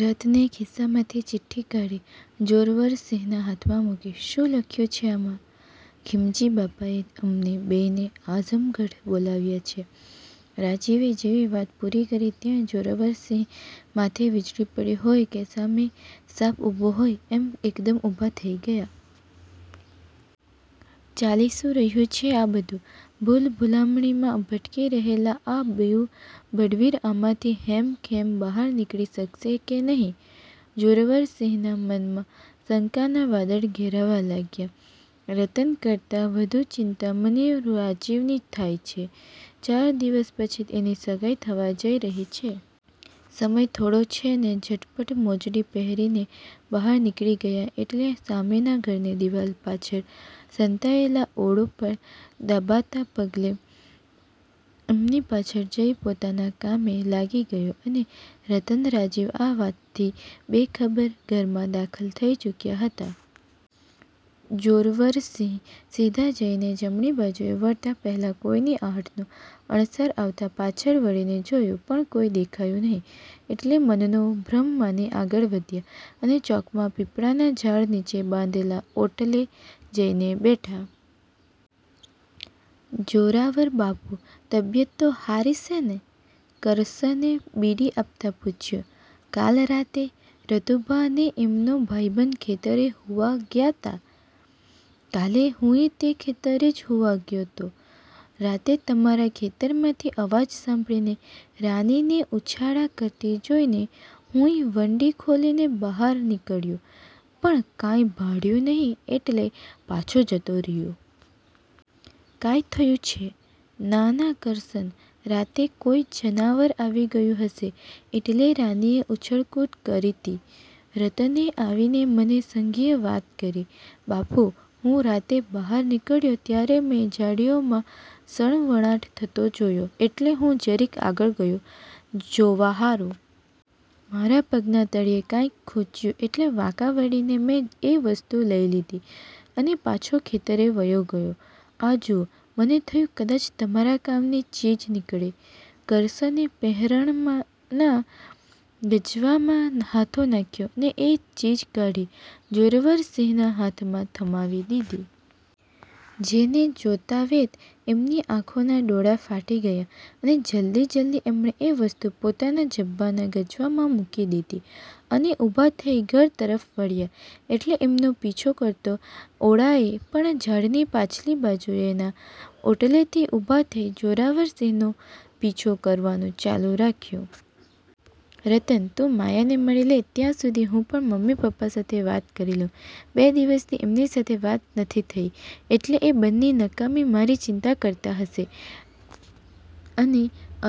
રતને ખિસ્સામાંથી ચિઠ્ઠી કાઢી જોરવરસિંહના હાથમાં મૂકી. "શું લખ્યું છે આમાં?" "ખીમજીબાપાએ અમને બેયને આઝમગઢ બોલાવ્યા છે." રાજીવે જેવી વાત પૂરી કરી ત્યાં જોરવરસિંહ માથે વીજળી પડી હોય કે સામે સાપ ઊભો હોય એમ એકદમ ઊભા થઈ ગયા. "ચાલી શું રહ્યું છે આ બધું? ભૂલભુલામણીમાં ભટકી રહેલા આ બેઉ ભડવીર આમાંથી હેમખેમ બહાર નીકળી શકશે કે નહીં? " જોરવરસિંહના મનમાં શંકાના વાદળ ઘેરાવા લાગ્યા, "રતન કરતા વધુ ચિંતા મને રાજીવની થાય છે, ચાર દિવસ પછી એની સગાઈ થવા જઈ રહી છે. સમય થોડો છે ને." ઝટપટ મોજડી પહેરીને બહાર નીકળી ગયા એટલે સામેના ઘરની દીવાલ પાછળ સંતાયેલો ઓળો પણ દબાતા પગલે એમની પાછળ જઈ પોતાના કામે લાગી ગયો, અને રતન-રાજીવ આ વાતથી બેખબર ઘરમાં દાખલ થઈ ચૂક્યા હતા. જોરવરસિંહ સીધા જઈને જમણી બાજુએ વળતાં પહેલા કોઈની આહટનો અણસાર આવતા પાછળ વળીને જોયું પણ કોઈ દેખાયું નહિ એટલે મનનો ભ્રમ માની આગળ વધ્યા અને ચોકમાં પીપળાના ઝાડ નીચે બાંધેલા ઓટલે જઈને બેઠા. "જોરાવરબાપુ, તબિયત તો હારી સે ને?" કરસને બીડી આપતાં પૂછ્યું, "કાલ રાતે, રતુભા ને એમનો ભાઈબંધ ખેતરે હુવા ગયા'તા?" "કાલે હુંય તે ખેતરે જ હુવા ગયો'તો. રાતે તમારા ખેતરમાંથી અવાજ સાંભળીને રાનીને ઉછાળા કરતી જોઈને હુંય વંડી ખોલીને બહાર નીકળ્યો પણ કાંઈ ભાળ્યું નહિ એટલે પાછો જતો રીયો. કાંય થયું છે? " "ના-ના કરસન, રાતે કોઈ જનાવર આવી ગયું હશે એટલે રાનીએ ઉછળકૂદ કરી'તી. રતને આવીને મને સંઘીય વાત કરી." "બાપુ, હું રાતે બહાર નીકળ્યો ત્યારે મેં ઝાડીઓમાં સળવળાટ થતો જોયો એટલે હું જરીક આગળ ગયો, જોવા હારુ. મારા પગના તળિયે કાંઈક ખુચ્યું એટલે વાંકા વળીને મેં એ વસ્તુ લઈ લીધી અને પાછો ખેતરે વયો ગયો. આ જુઓ, મને થયું કદાચ તમારા કામની ચીજ નીકળે," કરસને પહેરણના ગજવામાં હાથ નાખ્યો ને એ ચીજ કાઢી જોરવરસિંહના હાથમાં થમાવી દીધી. જેને જોતાંવેંત એમની આંખોના ડોળા ફાટી ગયા અને જલ્દી-જલ્દી એમણે એ વસ્તુ પોતાના ઝભ્ભાના ગજવામાં મૂકી દીધી અને ઊભા થઈ ઘર તરફ વળ્યા એટલે એમનો પીછો કરતા ઓળાએ પણ ઝાડની પાછલી બાજુએના ઓટલેથી ઊભા થઈ જોરવરસિંહનો પીછો કરવાનું ચાલુ રાખ્યું. "રતન, તું માયાને મળી લે ત્યાં સુધી હું પણ મમ્મી-પપ્પા સાથે વાત કરી લઉં, બે દિવસથી એમની સાથે વાત નથી થઈ, એટલે એ બંને નકામી મારી ચિંતા કરતા હશે, અને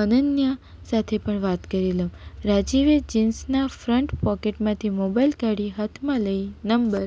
અનન્યા સાથે પણ વાત કરી લઉં." રાજીવે જીન્સના ફ્રન્ટ પોકેટમાંથી મોબાઈલ કાઢી હાથમાં લઈ નંબર